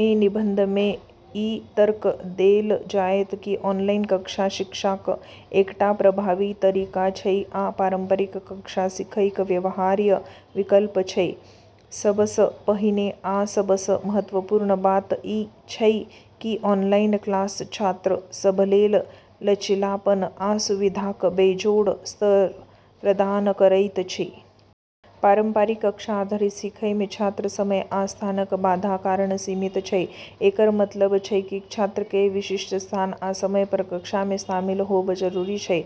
ई निबंधमे ई तर्क देल जायत कि ऑनलाइन कक्षा शिक्षाक एकटा प्रभावी तरीका छै आ पारंपरिक कक्षा सीखैक व्यवहार्य विकल्प छै। सबसँ पहिने आ सबसँ महत्वपूर्ण बात ई छै कि ऑनलाइन क्लास छात्र सभलेल लचीलापन आ सुविधाक बेजोड़ स्तर प्रदान करैत छै। पारंपरिक कक्षा आधारित सीखैमे छात्र समय आ स्थानक बाधा कारण सीमित छै। एकर मतलब छै कि छात्रकेँ विशिष्ट स्थान आ समयपर कक्षामे शामिल होबऽ जरूरी छै।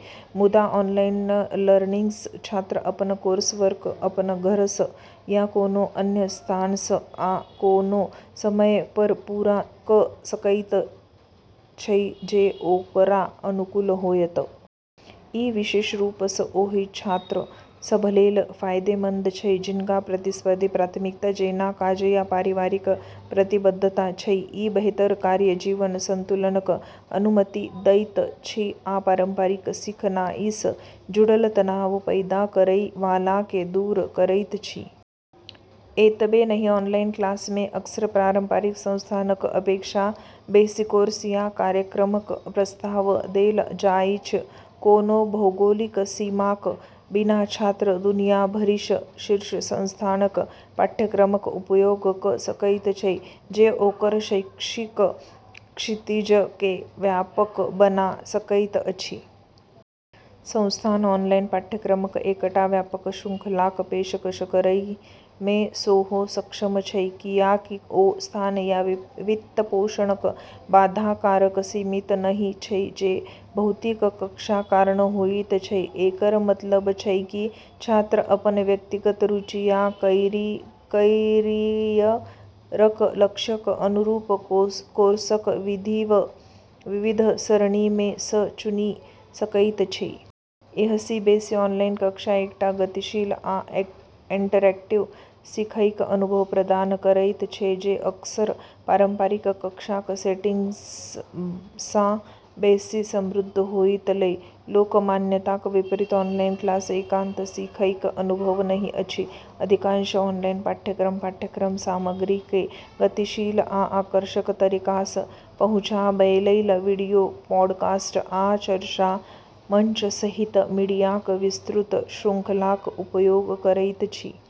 मुदा, ऑनलाइन लर्निंगसँ छात्र अपन कोर्सवर्क अपन घरसँ, या कोनो अन्य स्थानसँ आ कोनो समयपर पूरा कऽ सकैत छै जे ओकरा अनुकूल होयत। ई विशेष रूपसँ ओहि छात्र सभलेल फायदेमंद छै जिनका प्रतिस्पर्धी प्राथमिकता जेना काज या पारिवारिक प्रतिबद्धता छै। ई बेहतर कार्य-जीवन संतुलनक अनुमति दैत छै आ पारंपरिक सीखनाइसँ जुड़ल तनाव पैदा करै वालाकेँ दूर करैत छै। एतबे नहि, ऑनलाइन क्लासमे अक्सर पारंपरिक संस्थानक अपेक्षा बेसि कोर्स आ कार्यक्रमक प्रस्ताव देल जाइछ। कोनो भौगोलिक सीमाक बिना छात्र दुनिया भरिक शीर्ष संस्थानसँ पाठ्यक्रमक उपयोग कऽ सकैत छै, जे ओकर शैक्षिक क्षितिजकेँ व्यापक बना सकैत अछि। संस्थान ऑनलाइन पाठ्यक्रमक एकटा व्यापक श्रृंखलाक पेशकश करैमे सेहो सक्षम छै, कियाकि ओ स्थान या वित्तपोषणक बाधा कारण सीमित नहि छै जे भौतिक कक्षा कारण होइत छै। एकर मतलब छै कि छात्र अपन व्यक्तिगत रुचि आ कैरियरक लक्ष्यक अनुरूप कोर्सक विविध सरणीमे सँ चुनि सकैत छै। एहिसँ बेसि, ऑनलाइन कक्षा एकटा गतिशील आ इंटरैक्टिव सीखैक अनुभव प्रदान करैत छै जे अक्सर पारंपरिक कक्षाक सेटिंगसँ बेसि समृद्ध होइत छै। लोक मान्यताक विपरीत ऑनलाइन क्लास एकांत सीखैक अनुभव नहि अछि। अधिकांश ऑनलाइन पाठ्यक्रम पाठ्यक्रम सामग्रीकेँ गतिशील आ आकर्षक तरीकासँ पहुँचाबैलेल वीडियो, पॉडकास्ट, आ चर्चा मंच सहित मीडियाक विस्तृत श्रृंखलाक उपयोग करैत छै।